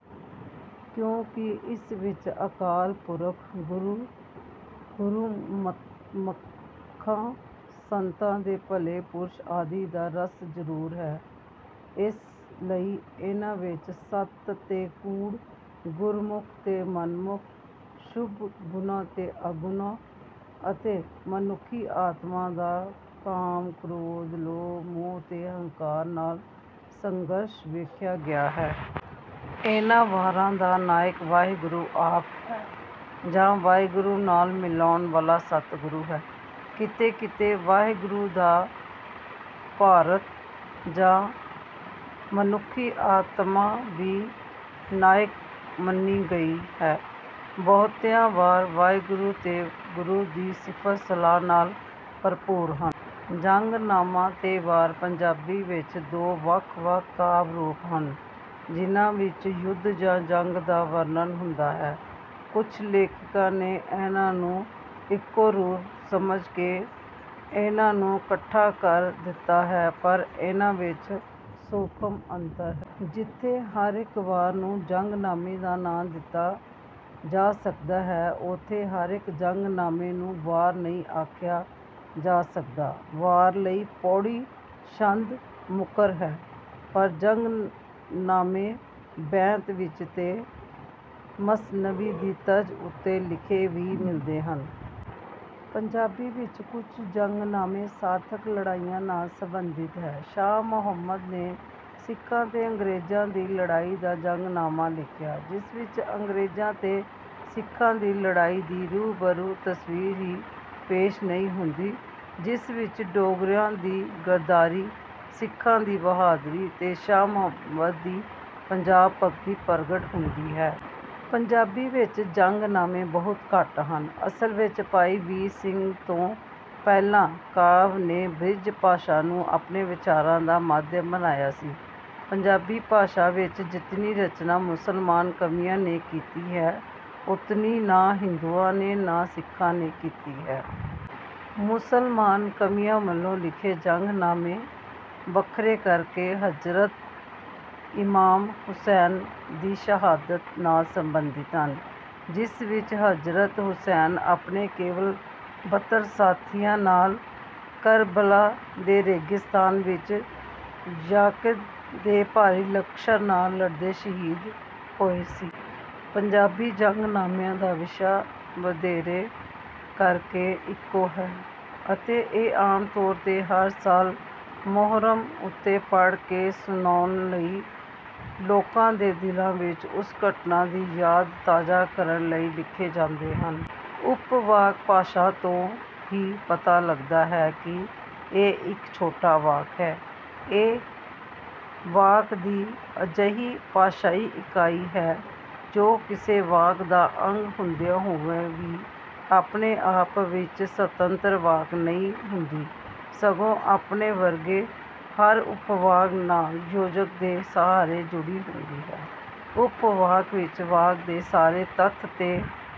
ਕਿਉਂਕਿ ਇਸ ਵਿੱਚ ਅਕਾਲ ਪੁਰਖ, ਗੁਰੂ, ਗੁਰਮੁਖਾਂ, ਸੰਤਾਂ ਤੇ ਭਲੇ ਪੁਰਸ਼ਾਂ ਆਦਿ ਦਾ ਜਸ ਜ਼ਰੂਰ ਹੈ, ਇਸ ਲਈ ਇਨ੍ਹਾਂ ਵਿੱਚ ਸੱਚ ਤੇ ਕੂੜ, ਗੁਰਮੁਖ ਤੇ ਮਨਮੁਖ, ਸ਼ੁਭ ਗੁਣਾਂ ਤੇ ਔਗੁਣਾਂ ਅਤੇ ਮਨੁੱਖੀ ਆਤਮਾ ਦਾ ਕਾਮ, ਕ੍ਰੋਧ, ਲੋਭ, ਮੋਹ ਤੇ ਹੰਕਾਰ ਨਾਲ ਸੰਘਰਸ਼ ਵਿਖਾਇਆ ਗਿਆ ਹੈ। ਇਨ੍ਹਾਂ ਵਾਰਾਂ ਦਾ ਨਾਇਕ ਵਾਹਿਗੁਰੂ ਆਪ ਹੈ ਜਾਂ ਵਾਹਿਗੁਰੂ ਨਾਲ ਮਿਲਾਉਣ ਵਾਲਾ ਸਤਿਗੁਰੂ ਹੈ, ਕਿਤੇ-ਕਿਤੇ ਵਾਹਿਗੁਰੂ ਦਾ ਭਰਾਤ ਜਾਂ ਮਨੁੱਖੀ ਆਤਮਾ ਵੀ ਨਾਇਕ ਮੰਨੀ ਗਈ ਹੈ। ਬਹੁਤੀਆਂ ਵਾਰਾਂ ਵਾਹਿਗੁਰੂ ਤੇ ਗੁਰੂ ਦੀ ਸਿਫ਼ਤ-ਸਲਾਹ ਨਾਲ ਭਰਪੂਰ ਹਨ। ਜੰਗਨਾਮਾ ਤੇ ਵਾਰ ਪੰਜਾਬੀ ਵਿੱਚ ਦੋ ਵੱਖ-ਵੱਖ ਕਾਵਿ-ਰੂਪ ਹਨ, ਜਿਹਨਾਂ ਵਿੱਚ ਯੁੱਧ ਜਾਂ ਜੰਗ ਦਾ ਵਰਣਨ ਹੁੰਦਾ ਹੈ। ਕੁਝ ਲੇਖਕਾਂ ਨੇ ਇਨ੍ਹਾਂ ਨੂੰ ਇੱਕੋ ਰੂਪ ਸਮਝ ਕੇ ਇਨ੍ਹਾਂ ਨੂੰ ਇਕੱਠਾ ਕਰ ਦਿੱਤਾ ਹੈ, ਪਰ ਇਨ੍ਹਾਂ ਵਿੱਚ ਸੂਖਮ ਅੰਤਰ ਹੈ। ਜਿੱਥੇ ਹਰੇਕ ਵਾਰ ਨੂੰ ਜੰਗਨਾਮੇ ਦਾ ਨਾਂ ਦਿੱਤਾ ਜਾ ਸਕਦਾ ਹੈ, ਉੱਥੇ ਹਰੇਕ ਜੰਗਨਾਮੇ ਨੂੰ ਵਾਰ ਨਹੀਂ ਆਖਿਆ ਜਾ ਸਕਦਾ। ਵਾਰ ਲਈ ਪਉੜੀ ਛੰਦ ਮੁਕੱਰ ਹੈ, ਪਰ ਜੰਗਨਾਮੇ ਬੈਂਤ ਵਿੱਚ ਤੇ ਮਸਨਵੀ ਦੀ ਤਰਜ਼ ਉੱਪਰ ਲਿਖੇ ਵੀ ਮਿਲਦੇ ਹਨ। ਪੰਜਾਬੀ ਵਿੱਚ ਕੁਝ ਜੰਗਨਾਮੇ ਸਥਾਨਕ ਲੜਾਈਆਂ ਨਾਲ ਸੰਬੰਧਿਤ ਹਨ। ਸ਼ਾਹ ਮੁਹੰਮਦ ਨੇ ਸਿੱਖਾਂ ਤੇ ਅੰਗਰੇਜ਼ਾਂ ਦੀ ਲੜਾਈ ਦਾ ਜੰਗਨਾਮਾ ਲਿਖਿਆ, ਜਿਸ ਵਿੱਚ ਅੰਗਰੇਜ਼ਾਂ ਤੇ ਸਿੱਖਾਂ ਦੀ ਲੜਾਈ ਦੀ ਹੂ-ਬ-ਹੂ ਤਸਵੀਰ ਹੀ ਨਹੀਂ ਪੇਸ਼ ਹੁੰਦੀ, ਜਿਸ ਵਿੱਚ ਡੋਗਰਿਆਂ ਦੀ ਗੱਦਾਰੀ, ਸਿੱਖਾਂ ਦੀ ਬਹਾਦਰੀ ਅਤੇ ਸ਼ਾਹ ਮੁਹੰਮਦ ਦੀ ਪੰਜਾਬ-ਭਗਤੀ ਪ੍ਰਗਟ ਹੁੰਦੀ ਹੈ। ਪੰਜਾਬੀ ਵਿੱਚ ਜੰਗਨਾਮੇ ਬਹੁਤ ਘੱਟ ਹਨ। ਅਸਲ ਵਿੱਚ ਭਾਈ ਵੀਰ ਸਿੰਘ ਤੋਂ ਪਹਿਲਾਂ ਕਵੀਆਂ ਨੇ ਬ੍ਰਜ-ਭਾਸ਼ਾ ਨੂੰ ਆਪਣੇ ਵਿਚਾਰਾਂ ਦਾ ਮਾਧਿਅਮ ਬਣਾਇਆ ਸੀ। ਪੰਜਾਬੀ ਭਾਸ਼ਾ ਵਿੱਚ ਜਿਤਨੀ ਰਚਨਾ ਮੁਸਲਮਾਨ ਕਵੀਆਂ ਨੇ ਕੀਤੀ ਹੈ, ਉਤਨੀ ਨਾ ਹਿੰਦੂਆਂ ਨੇ ਨਾ ਸਿੱਖਾਂ ਨੇ ਕੀਤੀ ਹੈ। ਮੁਸਲਮਾਨ ਕਵੀਆਂ ਵੱਲੋਂ ਲਿਖੇ ਜੰਗਨਾਮੇ ਵਧੇਰੇ ਕਰਕੇ ਹਜ਼ਰਤ ਇਮਾਮ ਹੁਸੈਨ ਦੀ ਸ਼ਹਾਦਤ ਨਾਲ ਸੰਬੰਧਿਤ ਹਨ, ਜਿਸ ਵਿੱਚ ਹਜ਼ਰਤ ਹੁਸੈਨ ਆਪਣੇ ਕੇਵਲ ਬੱਤਰ ਸਾਥੀਆਂ ਨਾਲ ਕਰਬਲਾ ਦੇ ਰੇਗਿਸਤਾਨ ਵਿੱਚ ਯਜ਼ੀਦ ਦੇ ਭਾਰੀ ਲਸ਼ਕਰ ਨਾਲ ਲੜਦਾ ਸ਼ਹੀਦ ਹੋਇਆ ਸੀ। ਪੰਜਾਬੀ ਜੰਗਨਾਮਿਆਂ ਦਾ ਵਿਸ਼ਾ ਵਧੇਰੇ ਕਰਕੇ ਇੱਕੋ ਹੈ ਅਤੇ ਇਹ ਆਮ ਤੌਰ 'ਤੇ ਹਰ ਸਾਲ ਮੁਹੱਰਮ ਉੱਤੇ ਪੜ੍ਹ ਕੇ ਸੁਣਾਉਣ ਲਈ ਅਤੇ ਲੋਕਾਂ ਦੇ ਦਿਲਾਂ ਵਿੱਚ ਉਸ ਘਟਨਾ ਦੀ ਯਾਦ ਤਾਜ਼ਾ ਕਰਨ ਲਈ ਲਿਖੇ ਜਾਂਦੇ ਹਨ। ਉਪਵਾਕ ਸ਼ਬਦ ਤੋਂ ਹੀ ਪਤਾ ਲੱਗਦਾ ਹੈ ਕਿ ਇਹ ਇੱਕ ਛੋਟਾ ਵਾਕ ਹੁੰਦਾ ਹੈ। ਇਹ ਵਾਕ ਦੀ ਅਜਿਹੀ ਭਾਸ਼ਾਈ ਇਕਾਈ ਹੈ, ਜੋ ਕਿਸੇ ਵਾਕ ਦਾ ਅੰਗ ਹੁੰਦੀ ਹੋਈ ਵੀ ਆਪਣੇ ਆਪ ਵਿੱਚ ਸੁਤੰਤਰ ਵਾਕ ਨਹੀਂ ਹੁੰਦੀ, ਸਗੋਂ ਆਪਣੇ ਵਰਗੇ ਹੋਰ ਉਪਵਾਕ ਨਾਲ ਯੋਜਕ ਦੇ ਸਹਾਰੇ ਜੁੜੀ ਹੁੰਦੀ ਹੈ। ਉਪਵਾਕ ਵਿੱਚ ਵਾਕ ਦੇ ਸਾਰੇ ਤੱਥ 'ਤੇ